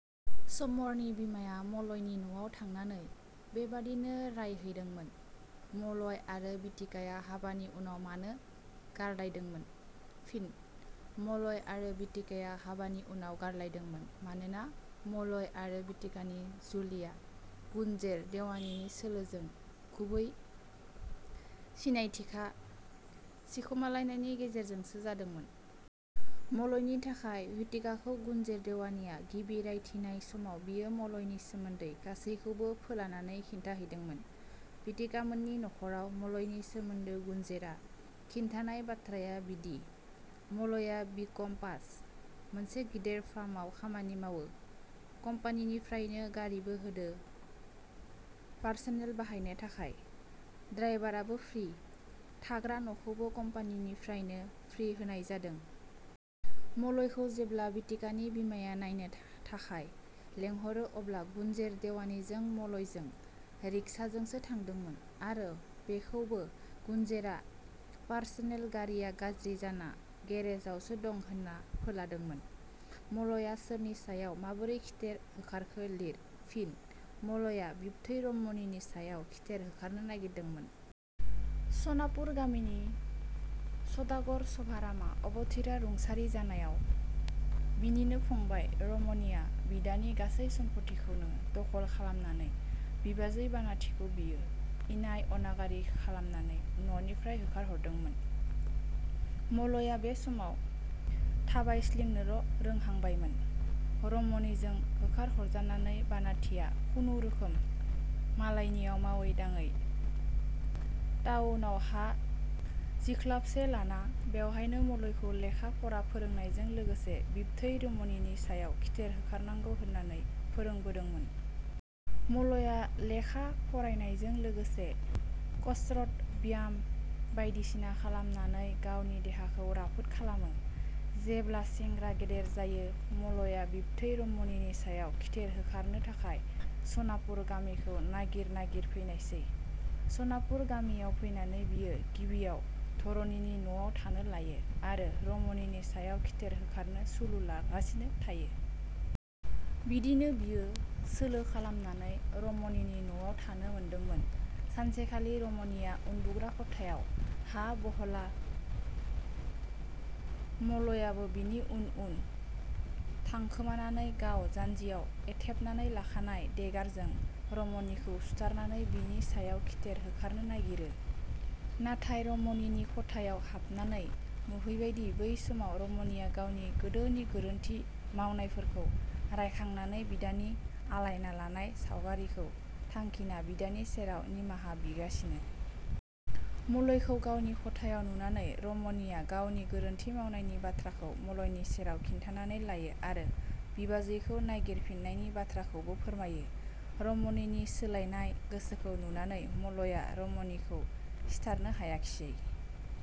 " समिरनि बिमाया मलयनि न 'आव थांनानै बेबादिनो राय हैदोंमोन। मलय आरो बिथिकाया हाबानि उनाव मानो गारलायदोंमोन? फिनः मलय आरो बिथिकाया हाबानि उनाव गारलायदोंमोन मानोना मलय आरो बिथिकानि जुलिया गुनजेर देवानिनि सोलोजों गुबै सिनायथिखा सिखमालायनायनि गेजेरजोंसो जादोंमोन। मलयनि थाखाय विथिकाखौ गुनजेर देवानिया गिबि रायथिनाय समाव बियो मलयनि सोमोन्दै गासैखौबो फोलानानै खिन्थाहैदोंमोन। विथिकामोननि नखराव मलयनि सोमोन्दो गुनजेरआ खिन्थानाय बाथ्राया बिदि-मलया बि. कम पास, मोनसे गिदिर फार्मआव खामानि मावो। कम्पानिनिफ्रायनो गारिबो होदो पारसनेल बाहायनो थाखाय, द्राइभारआबो फ्रि, थाग्रा न 'खौबो कम्पेनिनिफ्रायनो फ्रि होनाय जादों। मलयखौ जेब्ला बिथिकानि बिमाया नायनो था- थाखाय लेंहरो अब्ला गुनजेर देवानिजों मलयजों रिक्साजोंसो थांदोंमोन आरो बेखौबो गुनजेरआ पारसेनल गारिया गाज्रि जाना गेरेसावसो दं होनना फोलादोंमोन। मलया सोरनि सायाव माबोरै खिथेर होखारखो लिर। फिनः मलया बिबथै रमनिनि सायाव खिथेर होखारनो नागिरदोंमोन। सनापुर गामिनि सदागर शभारामआ अबथिरा रुंसारि जानायाव बिनिनो -फंबाइ रमनिया विदानि गासै सम्फथिखौनो दखल खालामनानै बिबाजै- बानाथिखौ बियो इनाय अनागारि खालामनानै न 'निफ्राय होखारहरदोंमोन। मलया बे समाव थाबायस्लिंनोल' रोहांबायमोन। रमनिजों होखारहरजानानै बानाथिया खुनुरोखोम मालायनियाव मावै दाङै थाउनाव हा जिखलाबसे लाना बेवहायनो मलयखौ लेखा फरा फोरोंनायजों लोगोसे बिबथै रमनिनि सायाव खिथेर होखारनांगौ होननानै फोरोंबोदोंमोन। मलया लेखा फरायनायजों लोगोसे कसरत, व्याम बायदिसिना खालामनानै गावनि देहाखौ राफोद खालामो। जेब्ला सेंग्रा गेदेर जायो मलया बिबथै रमनिनि सायाव खिथेर होखारनो थाखाय सनापुर गामिखौ नागिर नागिर फैनायसै। सनापुर गामियाव फैनानै बियो गिबियाव धरनिनि न'आव थानो लायो आरो रमनिनि सायाव खिथेर होखारनो सुलु लागासिनो थायो। बिदिनो बियो सोलो खालामनानै रमनिनि न 'आव थानो मोनदोंमोन। सानसेखालि रमनिया उन्दुग्रा खथायाव हा बहला मलयाबो बिनि उन उन थांखोमानानै गाव जान्जियाव एथेबनानै लाखानाय देगारजों रमनिखौ सुधारनानै बिनि सायाव खिथेर होखारनो नागिरो। नाथाय रमनिनि खथायाव हाबनानै नुहैबायदि बै समाव रमनिया गावनि गोदोनि गोरोन्थि मावनायफोरखौ रायखांनानै बिदानि आलायना लानाय सावगारिखौ थांखिना बिदानि सेराव निमाहा बिगासिनो। मलयखौ गावनि खथायाव नुनानै रमनिया गावनि गोरोन्थि मावनायनि बाथ्राखौ मलयनि सेराव खिन्थानानै लायो आरो बिबाजैखौ नागिर फिननायनि बाथ्राफोरखौबो फोरमायो। रमनिनि सोलायनाय गोसोखौ नुनानै मलया रमनिखौ सिथारनो हायाखिसै।